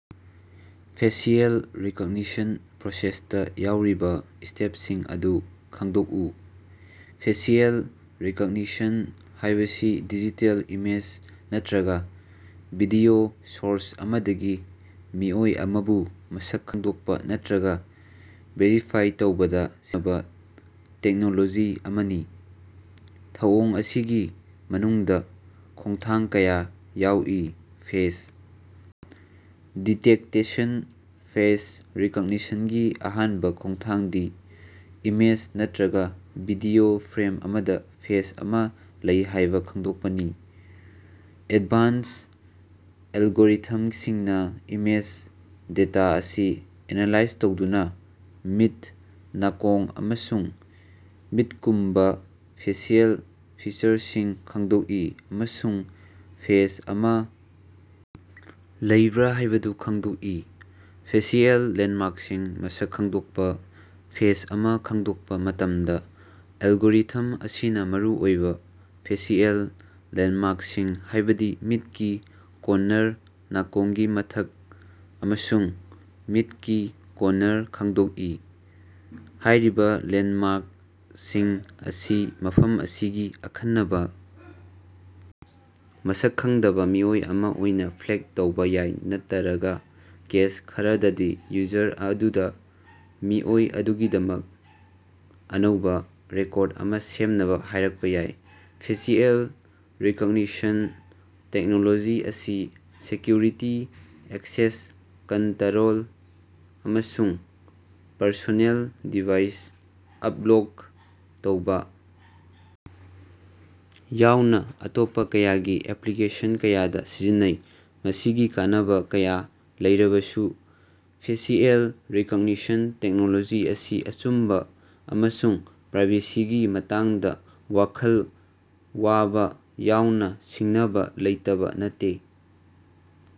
Facial recognition ꯄ꯭ꯔꯣꯁꯦꯁꯇ ꯌꯥꯎꯔꯤꯕ ꯁ꯭ꯇꯦꯞꯁꯤꯡ ꯑꯗꯨ ꯈꯪꯗꯣꯛꯎ꯫ ꯐꯦꯁꯤꯑꯦꯜ ꯔꯤꯀꯛꯅꯤꯁꯟ ꯍꯥꯏꯕꯁꯤ ꯗꯤꯖꯤꯇꯦꯜ ꯏꯃꯦꯖ ꯅꯠꯇꯔꯒ ꯚꯤꯗꯤꯑꯣ ꯁꯣꯔꯁ ꯑꯃꯗꯒꯤ ꯃꯤꯑꯣꯏ ꯑꯃꯕꯨ ꯃꯁꯛ ꯈꯪꯗꯣꯛꯄ ꯅꯠꯇꯔꯒ ꯚꯦꯔꯤꯐꯥꯏ ꯇꯧꯕꯗꯥ ꯁꯤꯖꯤꯟꯅꯕꯥ ꯇꯦꯛꯅꯣꯂꯣꯖꯤ ꯑꯃꯅꯤ꯫ ꯊꯧꯑꯣꯡ ꯑꯁꯤꯒꯤ ꯃꯅꯨꯡꯗ ꯈꯣꯡꯊꯥꯡ ꯀꯌꯥ ꯌꯥꯎꯏ, ꯐꯦꯁ ꯗꯤꯇꯦꯛꯇꯦꯁꯟ - ꯐꯦꯁ ꯔꯤꯀꯛꯅꯤꯁꯟꯒꯤ ꯑꯍꯥꯟꯕ ꯈꯣꯡꯊꯥꯡꯗꯤ ꯏꯃꯦꯖ ꯅꯠꯇꯔꯒ ꯚꯤꯗꯤꯑꯣ ꯐ꯭ꯔꯦꯝ ꯑꯃꯗ ꯐꯦꯁ ꯑꯃ ꯂꯩ ꯍꯥꯏꯕ ꯈꯪꯗꯣꯛꯄꯅꯤ꯫ ꯑꯦꯗꯚꯥꯟꯁ ꯑꯦꯜꯒꯣꯔꯤꯊꯝꯁꯤꯡꯅ ꯏꯃꯦꯖ ꯗꯦꯇꯥ ꯑꯁꯤ ꯑꯦꯅꯥꯂꯥꯏꯖ ꯇꯧꯗꯨꯅ ꯃꯤꯠ, ꯅꯥꯀꯣꯡ, ꯑꯃꯁꯨꯡ ꯃꯤꯠꯀꯨꯝꯕꯥ ꯐꯦꯁꯤꯌꯦꯜ ꯐꯤꯆꯔꯁꯤꯡ ꯈꯪꯗꯣꯛꯏ ꯑꯃꯁꯨꯡ ꯐꯦꯁ ꯑꯃ ꯂꯩꯕ꯭ꯔꯥ ꯍꯥꯏꯕꯗꯨ ꯈꯪꯗꯣꯛꯏ꯫ ꯐꯦꯁꯤꯑꯦꯜ ꯂꯦꯟꯗꯃꯥ꯭ꯔꯛꯁꯤꯡ ꯃꯁꯛ ꯈꯡꯗꯣꯛꯄ - ꯐꯦꯁ ꯑꯃ ꯈꯡꯗꯣꯛꯄ ꯃꯇꯝꯗ, ꯑꯦꯜꯒꯣꯔꯤꯊꯝ ꯑꯁꯤꯅ ꯃꯔꯨ ꯑꯣꯏꯕ ꯐꯦꯁꯤꯑꯦꯜ ꯂꯦꯟꯗꯃꯥ꯭ꯔꯛꯁꯤꯡ ꯍꯥꯏꯕꯗꯤ ꯃꯤꯠꯀꯤ ꯀꯣꯟꯅꯔ, ꯅꯥꯀꯣꯡꯒꯤ ꯃꯊꯛ, ꯑꯃꯁꯨꯡ ꯃꯤꯠꯀꯤ ꯀꯣꯟꯅꯔ ꯈꯪꯗꯣꯛꯏ꯫ ꯍꯥꯏꯔꯤꯕ ꯂꯦꯟꯗꯃꯥ꯭ꯔꯛꯁꯤꯡ ꯑꯁꯤ ꯃꯐꯝ ꯑꯁꯤꯒꯤ ꯑꯈꯟꯅꯕ ꯃꯁꯛ ꯈꯪꯗꯕ ꯃꯤꯑꯣꯏ ꯑꯃ ꯑꯣꯏꯅ ꯐ꯭ꯂꯦꯒ ꯇꯧꯕ ꯌꯥꯏ ꯅꯠꯇꯔꯒ, ꯀꯦꯁ ꯈꯔꯗꯗꯤ, ꯌꯨꯖꯔ ꯑꯗꯨꯗ ꯃꯤꯑꯣꯏ ꯑꯗꯨꯒꯤꯗꯃꯛ ꯑꯅꯧꯕ ꯔꯦꯀꯣꯔꯗ ꯑꯃ ꯁꯦꯝꯅꯕ ꯍꯥꯏꯔꯛꯄ ꯌꯥꯏ꯫ ꯐꯦꯁꯤꯑꯦꯜ ꯔꯤꯀꯛꯅꯤꯁꯟ ꯇꯦꯛꯅꯣꯂꯣꯖꯤ ꯑꯁꯤ ꯁꯦꯀ꯭ꯌꯨꯔꯤꯇꯤ, ꯑꯦꯛꯁꯦꯁ ꯀꯟꯇꯔꯣꯜ, ꯑꯃꯁꯨꯡ ꯄꯔꯁꯣꯅꯦꯜ ꯗꯤꯚꯥꯏꯁ ꯑꯞꯂꯣꯛ ꯇꯧꯕ ꯌꯥꯎꯅ ꯑꯇꯣꯞꯄ ꯀꯌꯥꯒꯤ ꯑꯦꯄ꯭ꯂꯤꯀꯦꯁꯟ ꯀꯌꯥꯗ ꯁꯤꯖꯤꯟꯅꯩ꯫ ꯃꯁꯤꯒꯤ ꯀꯥꯟꯅꯕꯥ ꯀꯌꯥ ꯂꯩꯔꯕꯁꯨ, ꯐꯦꯁꯤꯑꯦꯜ ꯔꯤꯀꯛꯅꯤꯁꯟ ꯇꯦꯛꯅꯣꯂꯣꯖꯤ ꯑꯁꯤ ꯑꯆꯨꯝꯕ ꯑꯃꯁꯨꯡ ꯄ꯭ꯔꯥꯏꯕꯦꯁꯤꯒꯤ ꯃꯇꯥꯡꯗ ꯋꯥꯈꯜ ꯋꯥꯕ ꯌꯥꯎꯅ ꯁꯤꯡꯅꯕꯥ ꯂꯩꯇꯕ ꯅꯠꯇꯦ꯫